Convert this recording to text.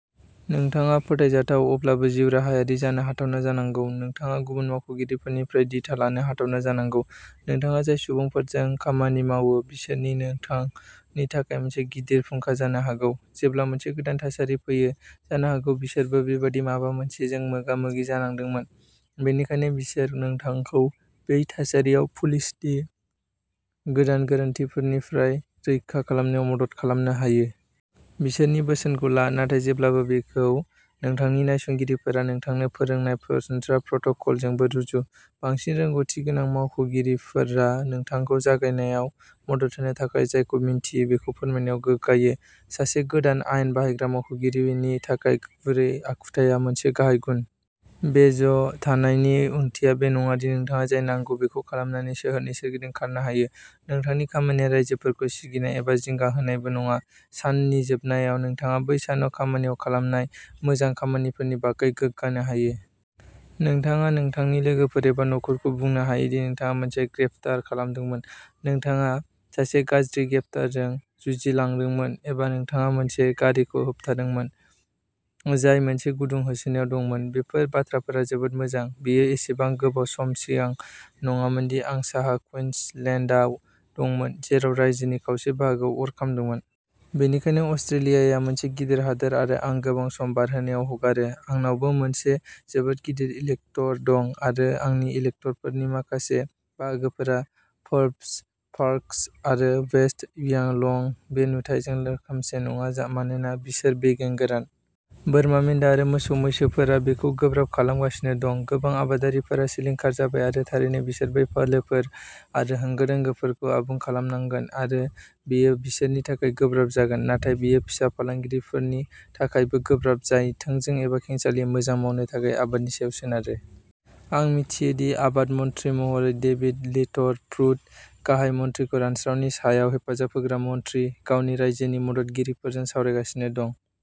नोंथाङा फोथायजाथाव, अब्लाबो जिउराहायारि जानो हाथावना जानांगौ। नोंथाङा गुबुन मावख'गिरिफोरनिफ्राय दिथा लानो हाथावना जानांगौ। नोंथाङा जाय सुबुंफोरजों खामानि मावो, बिसोर नोंथांनि थाखाय मोनसे गिदिर फुंखा जानो हागौ। जेब्ला मोनसे गोदान थासारि फैयो, जानो हागौ बिसोरबो बेबादि माबा मोनसेजों मोगा-मोगि जानांदोंमोन, बेनिखायनो बिसोर नोंथांखौ बै थासारियाव पुलिसनि गोदान गोरोन्थिफोरनिफ्राय रैखा खालामनायाव मदद खालामनो हायो। बिसोरनि बोसोनखौ ला, नाथाय जेब्लाबो बेखौ नोंथांनि नायसंगिरिफोरा नोंथांनो फोरोंनाय सरासनस्रा प्रट'कलजोंबो रुजु। बांसिन रोंग'थिगोनां मावख'गिरिफोरा नोंथांखौ जागायनायाव मदद होनो थाखाय जायखौ मिन्थियो बेखौ फोरमायनायाव गोग्गायो। सासे गोदान आयेन बाहायग्रा मावख'गिरिनि थाखाय गुरै आखुथाया मोनसे गाहाय गुन। बेज थानायनि ओंथिया बे नङा दि नोंथाङा जाय नांगौ बेखौ खालामनानै सोहोरनि सोरगिदिं खारनो हायो। नोंथांनि खामानिया राइजोफोरखौ सिगिनाय एबा जिंगा होनायबो नङा। साननि जोबनायाव, नोंथाङा बै सानाव खामानियाव खालामनाय मोजां खामानिफोरनि बागै गोग्गानो हायो। नोंथाङा नोंथांनि लोगोफोर एबा नखरखौ बुंनो हायो दि नोंथाङा मोनसे ग्रेप्तार खालामदोंमोन, नोंथाङा सासे गाज्रि ग्रेप्तारजों जुजिलांदोंमोन, एबा नोंथाङा मोनसे गारिखौ होबथायदोंमोन जाय मोनसे गुदुं होसोनायाव दंमोन। बेफोर बाथ्राफोरा जोबोद मोजां। बेयो एसेबां गोबाव सम सिगां नङामोन दि आं साहा कुइन्सलेन्डआव दंमोन, जेराव रायजोनि खावसे बाहागोआ अर खामदोंमोन। बेनिखायनो अस्ट्रेलियाया मोनसे गिदिर हादोर आरो आं गोबां सम बारहोनायाव हगारो। आंनावबो मोनसे जोबोद गिदिर इलेक्ट'र दं आरो आंनि इलेक्ट'रफोरनि माखासे बाहागोफोर-फोर्ब्स, पार्कस आरो वेस्ट व्यालं-बे नुथाइजों रोखोमसे नङा मानोना बिसोर बेगें गोरान। बोरमा मेन्दा आरो मोसौ-मैसोफोरा बेखौ गोब्राब खालामगासिनो दं। गोबां आबादारिफोरा सिलिंखार जाबाय आरो थारैनो बिसोर बै फालोफोर आरो होंगो-दोंगोफोरखौ आबुं खालामनांगोन आरो बेयो बिसोरनि थाखाय गोब्राब जागोन। नाथाय बेयो फिसा फालांगिफोरनि थाखायबो गोब्राब जाय थोंजों एबा खेंसालियायै मोजां मावनो थाखाय आबादनि सायाव सोनारो। आं मिथियो दि आबाद मन्थ्रि महरै डेभिड लिटलप्रुड, गाहाय मन्थ्रिखौ रानस्रावनि सायाव हेफाजाब होग्रा मन्थ्रि, गावनि रायजोनि मददगिरिफोरजों सावरायगासिनो दं।